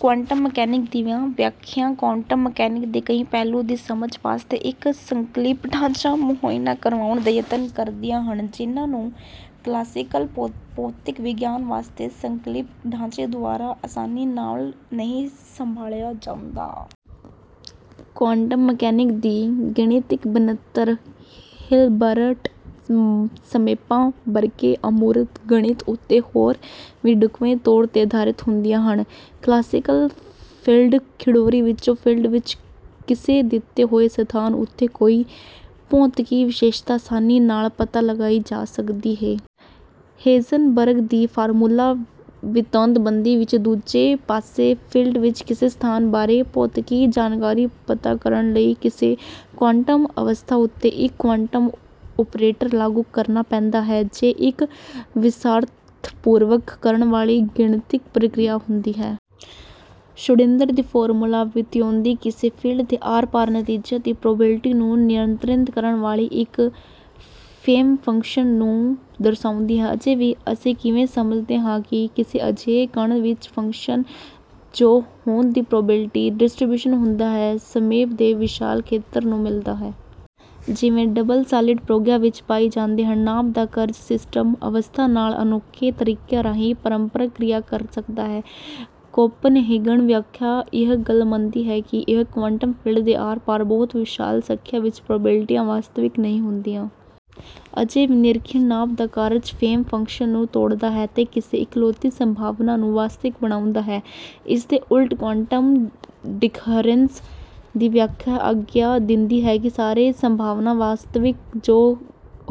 Quantum mechanics ਦੀਆਂ ਵਿਆਖਿਆਵਾਂ quantum mechanics ਦੇ ਕਈ ਪਹਿਲੂਆਂ ਦੀ ਸਮਝ ਵਾਸਤੇ ਇੱਕ ਸੰਕਲਪਿਕ ਢਾਂਚਾ ਮੁਹੱਈਆ ਕਰਵਾਉਣ ਦਾ ਯਤਨ ਕਰਦੀਆਂ ਹਨ ਜਿਹਨਾਂ ਨੂੰ ਕਲਾਸੀਕਲ ਭੌਤਿਕ ਵਿਗਿਆਨ ਵਾਸਤੇ ਸੰਕਲਪਿਕ ਢਾਂਚੇ ਦੁਆਰਾ ਅਸਾਨੀ ਨਾਲ ਨਹੀਂ ਸੰਭਾਲਿਆ ਜਾਂਦਾ। ਕੁਆਂਟਮ ਮਕੈਨਿਕਸ ਦੀ ਗਣਿਤਿਕ ਬਣਤਰ ਹਿਲਬਰਟ ਸਪੇਸਾਂ ਵਰਗੇ ਅਮੂਰਤ ਗਣਿਤ ਉੱਤੇ ਹੋਰ ਵੀ ਢੁਕਵੇਂ ਤੌਰ ਤੇ ਅਧਾਰਿਤ ਹੁੰਦੀ ਹੈ। ਕਲਾਸੀਕਲ ਫੀਲਡ ਥਿਊਰੀ ਵਿੱਚ, ਫੀਲਡ ਵਿੱਚ ਕਿਸੇ ਦਿੱਤੇ ਹੋਏ ਸਥਾਨ ਉੱਤੇ ਕੋਈ ਭੌਤਿਕੀ ਵਿਸ਼ੇਸ਼ਤਾ ਅਸਾਨੀ ਨਾਲ ਪਤਾ ਲਗਾਈ ਜਾ ਸਕਦੀ ਹੈ। ਹੇਜ਼ਨਬਰਗ ਦੀ ਫਾਰਮੂਲਾ ਵਿਓਂਤਬੰਦੀ ਵਿੱਚ, ਦੂਜੇ ਪਾਸੇ, ਫੀਲਡ ਵਿੱਚ ਕਿਸੇ ਸਥਾਨ ਬਾਰੇ ਭੌਤਿਕੀ ਜਾਣਕਾਰੀ ਪਤਾ ਕਰਨ ਲਈ, ਕਿਸੇ ਕੁਆਂਟਮ ਅਵਸਥਾ ਉੱਤੇ ਇੱਕ ਕੁਆਂਟਮ ਓਪਰੇਟਰ ਲਾਗੂ ਕਰਨਾ ਪੈਂਦਾ ਹੈ, ਜੋ ਇੱਕ ਵਿਸਥਾਰਪੂਰਵਕ ਕਰਨ ਵਾਲੀ ਗਣਿਤਿਕ ਪ੍ਰਕ੍ਰਿਆ ਹੁੰਦੀ ਹੈ। ਸ਼੍ਰੋਡਿੰਜਰ ਦੀ ਫਾਰਮੂਲਾ ਵਿਓਂਤਬੰਦੀ ਕਿਸੇ ਫੀਲਡ ਦੇ ਆਰ-ਪਾਰ ਨਤੀਜਿਆਂ ਦੀ ਪ੍ਰੋਬੇਬਿਲਟੀ ਨੂੰ ਨਿਯੰਤ੍ਰਿਤ ਕਰਨ ਵਾਲੀ ਇੱਕ ਵੇਵਫੰਕਸ਼ਨ ਨੂੰ ਦਰਸਾਉਂਦੀ ਹੈ। ਅਜੇ ਵੀ ਅਸੀਂ ਕਿਵੇਂ ਸਮਝਦੇ ਹਾਂ ਕਿ ਕਿਸੇ ਅਜਿਹੇ ਕਣ ਦਾ ਵੇਵ ਫੰਕਸ਼ਨ ਜੋ ਹੋਂਦ ਦੀ ਪ੍ਰੋਬੇਬਿਲਟੀ ਡਿਸਟ੍ਰੀਬਿਊਸ਼ਨ ਹੁੰਦਾ ਹੈ, ਸਪੇਸ ਦੇ ਵਿਸ਼ਾਲ ਖੇਤਰ ਨੂੰ ਮੱਲਦਾ ਹੈ? ਜਿਵੇਂ ਡਬਲ-ਸਲਿੱਟ ਪ੍ਰਯੋਗਾਂ ਵਿੱਚ ਪਾਇਆ ਜਾਂਦਾ ਹੈ, ਨਾਪ ਦਾ ਕਾਰਜ ਸਿਸਟਮ ਅਵਸਥਾ ਨਾਲ ਅਨੋਖੇ ਤਰੀਕਿਆਂ ਰਾਹੀਂ ਪਰਸਪਰ ਕ੍ਰਿਆ ਕਰ ਸਕਦਾ ਹੈ ਕੌਪਨਹੀਗਨ ਵਿਆਖਿਆ ਇਹ ਗੱਲ ਮੰਨਦੀ ਹੈ ਕਿ ਕਿਸੇ ਕੁਆਂਟਮ ਫੀਲਡ ਦੇ ਆਰ-ਪਾਰ ਬਹੁਤ ਵਿਸ਼ਾਲ ਸੰਖਿਆ ਵਿੱਚ ਪ੍ਰੋਬੇਬਿਲਟੀਆਂ ਵਾਸਤਵਿਕ ਨਹੀਂ ਹੁੰਦੀਆਂ। ਅਜੇ ਵੀ ਨਿਰੀਖਣ ਨਾਪ ਦਾ ਕਾਰਜ ਵੇਵ ਫੰਕਸ਼ਨ ਨੂੰ ਤੋੜਦਾ ਹੈ ਅਤੇ ਕਿਸੇ ਇਕਲੌਤੀ ਸੰਭਾਵਨਾ ਨੂੰ ਵਾਸਤਵਿਕ ਬਣਾਉਂਦਾ ਹੈ। ਇਸਦੇ ਉਲਟ ਕੁਆਂਟਮ ਡਿਕੋਹਰੈਂਸ ਦੀ ਵਿਆਖਿਆ ਆਗਿਆ ਦਿੰਦੀ ਹੈ ਕਿ ਸਾਰੀਆਂ ਸੰਭਾਵਨਾਵਾਂ ਵਾਸਤਵਿਕ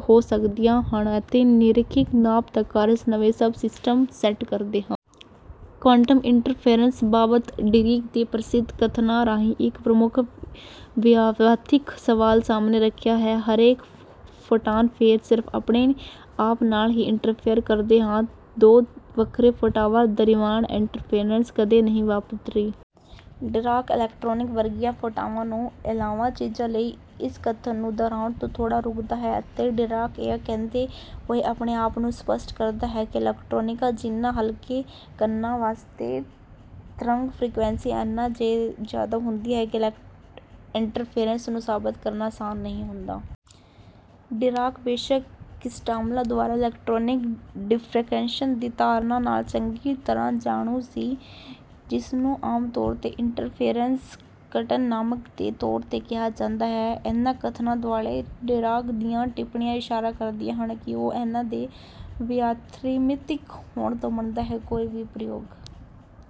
ਹੋ ਸਕਦੀਆਂ ਹਨ, ਅਤੇ ਨਿਰੀਖਣ ਨਾਪ ਦਾ ਕਾਰਜ ਨਵੇਂ ਸਬ-ਸਿਸਟਮ ਸੈੱਟ ਕਰਦਾ ਹੈ। ਕੁਆਂਟਮ ਇੰਟਰਫੇਰੈਂਸ ਬਾਬਤ ਡੀਰਾਕ ਦੇ ਪ੍ਰਸਿੱਧ ਕਥਨਾਂ ਰਾਹੀਂ ਇੱਕ ਪ੍ਰਮੁੱਖ ਵਿਆਖਿਆਤਮਿਕ ਸਵਾਲ ਸਾਹਮਣੇ ਰੱਖਿਆ ਗਿਆ ਹੈ: "ਹਰੇਕ ਫੋਟਾਨ ਫੇਰ ਸਿਰਫ ਆਪਣੇ ਆਪ ਨਾਲ ਹੀ ਇੰਟਰਫੇਅਰ ਕਰਦਾ ਹੈ। ਦੋ ਵੱਖਰੇ ਫੋਟਾਨਾਂ ਦਰਮਿਆਨ ਇੰਟਰਫੇਅਰੈਂਸ ਕਦੇ ਨਹੀਂ ਵਾਪਰਦੀ।" ਡੀਰਾਕ ਇਲੈਕਟ੍ਰਾਨਾਂ ਵਰਗੀਆਂ ਫੋਟਾਨਾਂ ਤੋਂ ਇਲਾਵਾ ਚੀਜ਼ਾਂ ਲਈ ਇਸ ਕਥਨ ਨੂੰ ਦੁਹਰਾਉਣ ਤੋਂ ਥੋੜਾ ਰੁਕਦਾ ਹੈ ਅਤੇ ਡੀਰਾਕ ਇਹ ਕਹਿੰਦੇ ਹੋਏ ਆਪਣੇ ਆਪ ਨੂੰ ਸੰਤੁਸ਼ਟ ਕਰਦਾ ਹੈ ਕਿ, "ਇਲੈਕਟ੍ਰਾਨਾਂ ਜਿੰਨੇ ਹਲਕੇ ਕਣਾਂ ਵਾਸਤੇ ਤਰੰਗ ਫ੍ਰੀਕੁਐਂਸੀ ਇੰਨੀ ਜ਼ਿਆਦਾ ਹੁੰਦੀ ਹੈ ਕਿ ਇੰਟਰਫੇਅਰੈਂਸ ਨੂੰ ਸਾਬਤ ਕਰਨਾ ਆਸਾਨ ਨਹੀਂ ਹੁੰਦਾ।" ਡੀਰਾਕ ਬੇਸ਼ੱਕ ਕ੍ਰਿਸਟਲਾਂ ਦੁਆਰਾ ਇਲੈਕਟ੍ਰਾਨ ਡਿਫ੍ਰੈਕਸ਼ਨ ਦੀ ਧਾਰਨਾ ਨਾਲ ਚੰਗੀ ਤਰ੍ਹਾਂ ਜਾਣੂ ਸੀ, ਜਿਸਨੂੰ ਆਮਤੌਰ ਤੇ ਇੰਟਰਫੇਅਰੈਂਸ ਘਟਨਾਕ੍ਰਮ ਦੇ ਤੌਰ ਤੇ ਕਿਹਾ ਜਾਂਦਾ ਹੈ। ਇਹਨਾਂ ਕਥਨਾਂ ਦੁਆਲੇ ਡੀਰਾਕ ਦੀਆਂ ਟਿੱਪਣੀਆਂ ਇਸ਼ਾਰਾ ਕਰਦੀਆਂ ਹਨ ਕਿ ਉਹ ਇਹਨਾਂ ਦੇ ਵਿਆਖਿਆਤਮਿਕ ਹੋਣ ਨੂੰ ਮੰਨਦਾ ਹੈ। ਕੋਈ ਵੀ ਪ੍ਰਯੋਗ